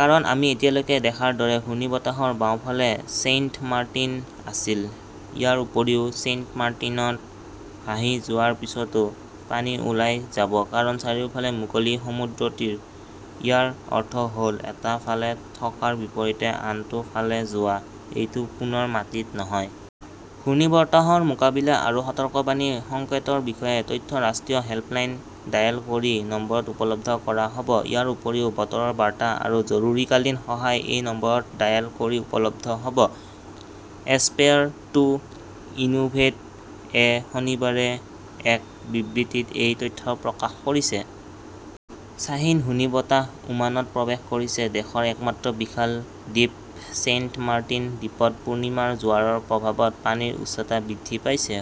কাৰণ, আমি এতিয়ালৈকে দেখাৰ দৰে ঘূৰ্ণীবতাহৰ বাওঁফালে ছেইণ্টমাৰ্টিন আছিল। ইয়াৰ উপৰিও, ছেইণ্টমাৰ্টিনত ভাহি যোৱাৰ পিছতো পানী ওলাই যাব। কাৰণ, চাৰিওফালে মুকলি সমুদ্ৰতীৰ। ইয়াৰ অৰ্থ হ'ল এটা ফালে থকাৰ বিপৰীতে আনটো ফালে যোৱা। এইটো পুনৰ মাটিত নহয়। ঘূৰ্ণীবতাহৰ মোকাবিলা আৰু সতৰ্কবাণী সংকেতৰ বিষয়ে তথ্য ৰাষ্ট্ৰীয় হেল্পলাইনত ডায়াল কৰি নম্বৰত উপলব্ধ কৰা হ'ব। ইয়াৰ উপৰিও, বতৰৰ বাৰ্তা আৰু জৰুৰীকালীন সহায় এই নম্বৰত ডায়াল কৰি উপলব্ধ হ 'ব। এছপেয়াৰ টু ইনোভেট এ শনিবাৰে এক বিবৃতিত এই তথ্য প্ৰকাশ কৰিছে। শ্বাহীন ঘূৰ্ণীবতাহ ওমানত প্ৰৱেশ কৰিছে দেশৰ একমাত্ৰ প্ৰবাল দ্বীপ ছেইণ্টমাৰ্টিন দ্বীপত পূৰ্ণিমাৰ জোৱাৰৰ প্ৰভাৱত পানীৰ উচ্চতা বৃদ্ধি পাইছে।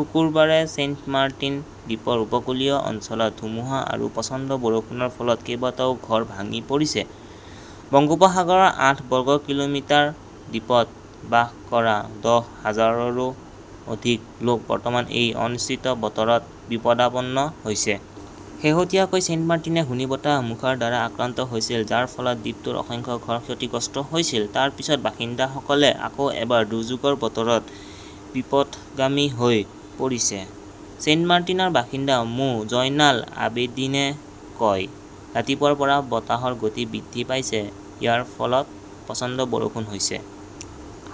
শুকুৰবাৰে ছেইণ্টমাৰ্টিন দ্বীপৰ উপকূলীয় অঞ্চলত ধুমুহা আৰু প্ৰচণ্ড বৰষুণৰ ফলত কেইবাটাও ঘৰ ভাঙি পৰিছে। বংগোপসাগৰৰ আঠ বৰ্গ কিলোমিটাৰ দ্বীপত বাস কৰা দহ হাজাৰৰো অধিক লোক বৰ্তমান এই অনিশ্চিত বতৰত বিপদাপন্ন হৈছে। শেহতীয়াকৈ, ছেইণ্টমাৰ্টিনে ঘূৰ্ণীবতাহ মোখাৰ দ্বাৰা আক্ৰান্ত হৈছিল, যাৰ ফলত দ্বীপটোৰ অসংখ্য ঘৰ ক্ষতিগ্ৰস্ত হৈছিল। তাৰ পিছত বাসিন্দাসকলে আকৌ এবাৰ দুৰ্যোগৰ বতৰত বিপথগামী হৈ পৰিছে। ছেইণ্টমাৰ্টিনৰ বাসিন্দা মো. জয়নাল আবেদীনে কয়, ৰাতিপুৱাৰ পৰা বতাহৰ গতি বৃদ্ধি পাইছে, ইয়াৰ লগত প্ৰচণ্ড বৰষুণ হৈছে।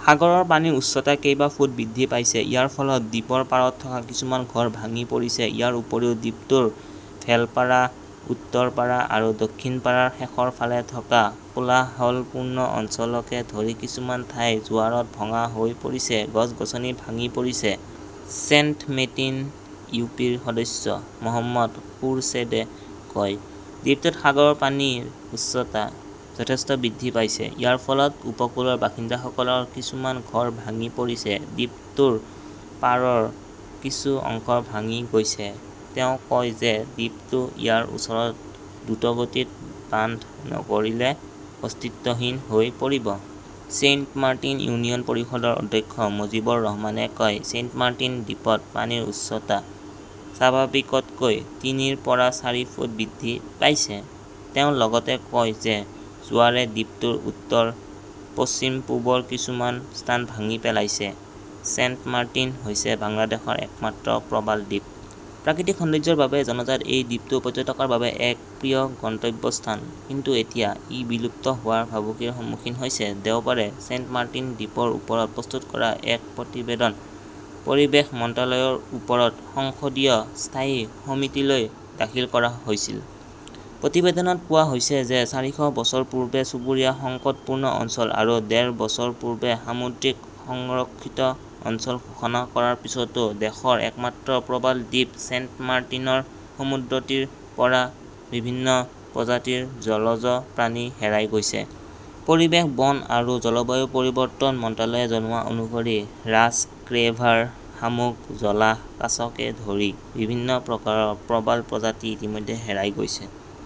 সাগৰৰ পানীৰ উচ্চতা কেইবা ফুট বৃদ্ধি পাইছে। ইয়াৰ ফলত দ্বীপৰ পাৰত থকা কিছুমান ঘৰ ভাঙি পৰিছে। ইয়াৰ উপৰিও দ্বীপটোৰ ডেলপাৰা, উত্তৰপাৰা আৰু দক্ষিণপাৰাৰ শেষৰ ফালে থকা কোলাহলপূৰ্ণ অঞ্চলকে ধৰি কিছুমান ঠাই জোৱাৰত ভঙা হৈ পৰিছে, গছ-গছনি ভাঙি পৰিছে। Saint Martin U. পি. ৰ সদস্য মহম্মদ খোৰছেডে কয়, দ্বীপটোত সাগৰৰ পানীৰ উচ্চতা যথেষ্ট বৃদ্ধি পাইছে। ইয়াৰ ফলত উপকূলৰ বাসিন্দাসকলৰ কিছুমান ঘৰ ভাঙি পৰিছে। দ্বীপটোৰ পাৰৰ কিছু অংশ ভাঙি গৈছে। তেওঁ কয় যে দ্ৰীপটো ইয়াৰ ওচৰত দ্ৰুতগতিত বান্ধ নকৰিলে অস্তিত্বহীন হৈ পৰিব। ছেইণ্টমাৰ্টিন ইউনিয়ন পৰিষদৰ অধ্যক্ষ মুজীবৰ ৰহমানে কয়, "ছেইণ্টমাৰ্টিন দ্বীপত পানীৰ উচ্চতা স্বাভাৱিকতকৈ তিনিৰ পৰা চাৰি ফুট বৃদ্ধি পাইছে।" তেওঁ লগতে কয় যে জোৱাৰে দ্বীপটোৰ উত্তৰ, পশ্চিম-পূবৰ কিছুমান স্থান ভাঙি পেলাইছে। ছেইণ্টমাৰ্টিন হৈছে বাংলাদেশৰ একমাত্ৰ প্ৰবাল দ্বীপ। প্ৰাকৃতিক সৌন্দৰ্য্যৰ বাবে জনাজাত এই দ্বীপটো পৰ্যটকৰ বাবে এক প্ৰিয় গন্তব্যস্থান। কিন্তু এতিয়া ই বিলুপ্ত হোৱাৰ ভাবুকিৰ সন্মুখীন হৈছে। দেওবাৰে ছেইণ্টমাৰ্টিন দ্বীপৰ ওপৰত প্ৰস্তুত কৰা এক প্ৰতিবেদন পৰিৱেশ মন্ত্ৰালয়ৰ ওপৰত সংসদীয় স্থায়ী সমিতিলৈ দাখিল কৰা হৈছিল। প্ৰতিবেদনত কোৱা হৈছে যে চাৰিশ বছৰ পূৰ্বে চুবুৰীয়া সংকটপূৰ্ণ অঞ্চল আৰু ডেৰ বছৰ পূৰ্বে সামুদ্ৰিক সংৰক্ষিত অঞ্চল ঘোষণা কৰাৰ পিছতো দেশৰ একমাত্ৰ প্ৰবাল দ্বীপ ছেইণ্টমাৰ্টিনৰ সমুদ্ৰতীৰৰ পৰা বিভিন্ন প্ৰজাতিৰ জলজ প্ৰাণী হেৰাই গৈছে। পৰিৱেশ, বন আৰু জলবায়ু পৰিৱৰ্তন মন্ত্ৰালয়ে জনোৱা অনুসৰি ৰাজ ক্ৰেভাৰ, শামুক, জলাহ, কাছকে ধৰি বিভিন্ন প্ৰকাৰৰ প্ৰবাল প্ৰজাতি ইতিমধ্যে হেৰাই গৈছে।